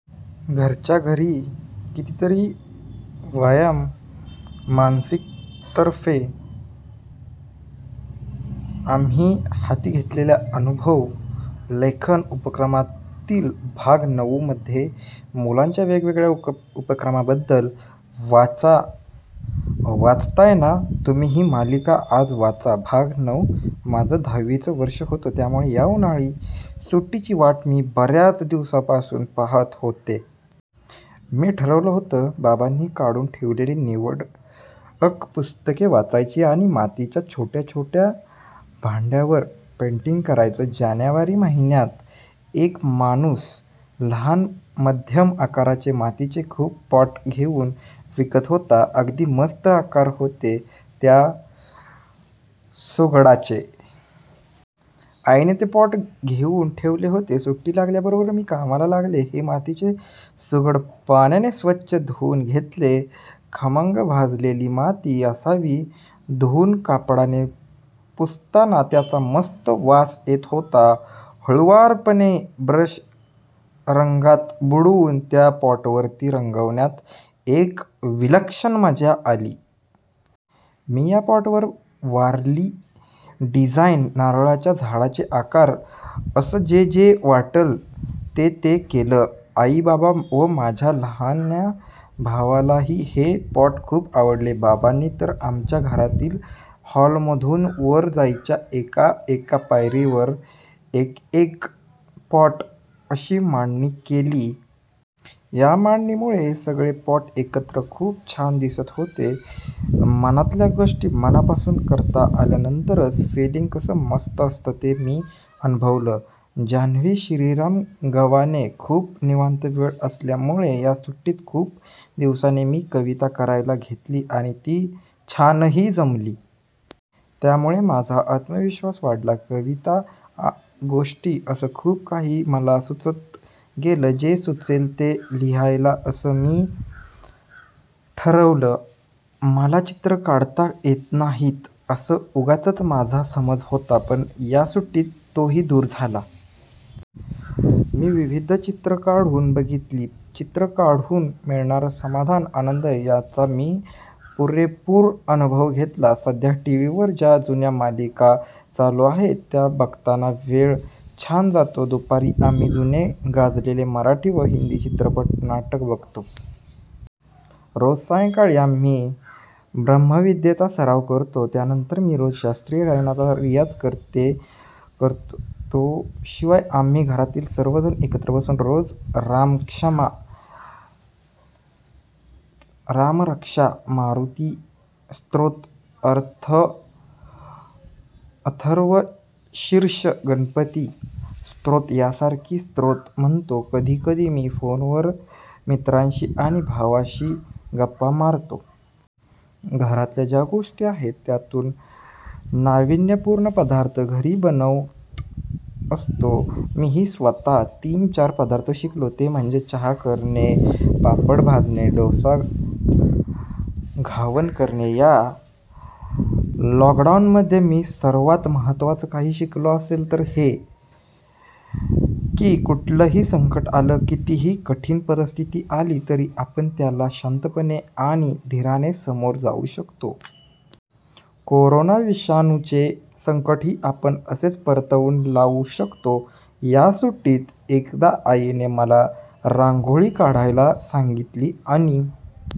घरच्या घरी, कितीतरी! 'वयम्' मासिकातर्फे आम्ही हाती घेतलेल्या अनुभव-लेखन उपक्रमातील भाग नऊ मध्ये मुलांच्या वेगवेगळ्या उपक्रमांबद्दल वाचा. वाचताय ना तुम्ही ही मालिका? आज वाचा भाग- नऊ. माझं दहावीचं वर्ष होतं. त्यामुळे या उन्हाळी सुट्टीची वाट मी बऱ्याच दिवसांपासून पाहत होते. मी ठरवलं होतं, बाबांनी काढून ठेवलेली निवडक पुस्तकं वाचायची आणि मातीच्या छोट्या-छोट्या भांड्यांवर पेंटिंग करायचं. जानेवारी महिन्यात, एक माणूस लहान, मध्यम आकाराचे मातीचे खूप पॉट घेऊन विकत होता. अगदी मस्त आकार होते त्या सुगडांचे. आईने ते पॉट घेऊन ठेवले होते. सुट्टी लागल्याबरोबर मी कामाला लागले. हे मातीचे सुगड पाण्याने स्वच्छ धुऊन घेतले. खमंग भाजलेली माती असावी. धुऊन कापडाने पुसताना त्याचा मस्त वास येत होता. हळुवारपणे ब्रश रंगात बुडवून त्या पॉटवरती रंगवण्यात एक विलक्षण मजा आली. मी या पॉटवर वारली डिझाइन, नारळांच्या झाडांचे आकार असं जे-जे वाटलं ते-ते केलं. आई, बाबा व माझ्या लहान्या भावालाही हे पॉट खूप आवडले. बाबांनी तर आमच्या घरातील, हॉलमधून वर जायच्या एका-एका पायरीवर एकेक पॉट अशी मांडणी केली. या मांडणीमुळे सगळे पॉट एकत्रित खूप छान दिसत होते. मनातल्या गोष्टी, मनापासून करता आल्यानंतरचं फिलिंग कसं मस्त असतं, ते मी अनुभवलं. जान्हवी श्रीराम गव्हाणे, खूप निवांत वेळ असल्यामुळे या सुट्टीत खूप दिवसांनी मी कविता करायला घेतली आणि ती छानही जमली. त्यामुळे माझा आत्मविश्वास वाढला. कविता, गोष्टी असं खूप काही मला सुचत गेलं. जे सुचेल ते लिहायचं असं मी ठरवलं. मला चित्र काढता येत नाहीत, असा उगाचच माझा समज होता. पण या सुट्टीत तोही दूर झाला. मी विविध चित्रं काढून बघितली. चित्र काढून मिळणार समाधान, आनंद याचा मी पुरेपूर अनुभव घेतला. सध्या टीव्हीवर ज्या जुन्या मालिका चालू आहेत, त्या बघताना वेळ छान जातो. दुपारी आम्ही जुने गाजलेले मराठी व हिंदी चित्रपट व नाटकं बघतोय. रोज सायंकाळी आम्ही ब्रह्मविद्येचा सराव करतो. त्यानंतर मी रोज शास्त्रीय गायनाचा रियाज करतो. शिवाय आम्ही घरातील सर्वजण एकत्र बसून रोज रामरक्षा, मारुती स्तोत्र, अथर्वशीर्ष, गणपती स्तोत्र यासारखी स्तोत्रं म्हणतो. कधी-कधी मी फोनवर मित्रांशी आणि भावाशी गप्पा मारतो. घरात ज्या गोष्टी आहेत, त्यातून नाविन्यपूर्ण पदार्थ घरी बनत असतो. मीही स्वतः तीन-चार पदार्थ शिकलो, ते म्हणजे चहा करणे, पापड भाजणे, डोसा, घावन करणे. या लॉकडाऊनमध्ये मी सर्वात महत्त्वाचं काही शिकलो असेल तर ते हे, की कुठलंही संकट आलं, कितीही कठीण परिस्थिती आली तरी आपण त्याला शांतपणे आणि धीराने सामोरे जाऊ शकतो. कोरोना विषाणूचे संकटही आपण असेच परतवून लावू शकतो. या सुट्टीत एकदा आईने मला रांगोळी काढायला सांगितली, आणि--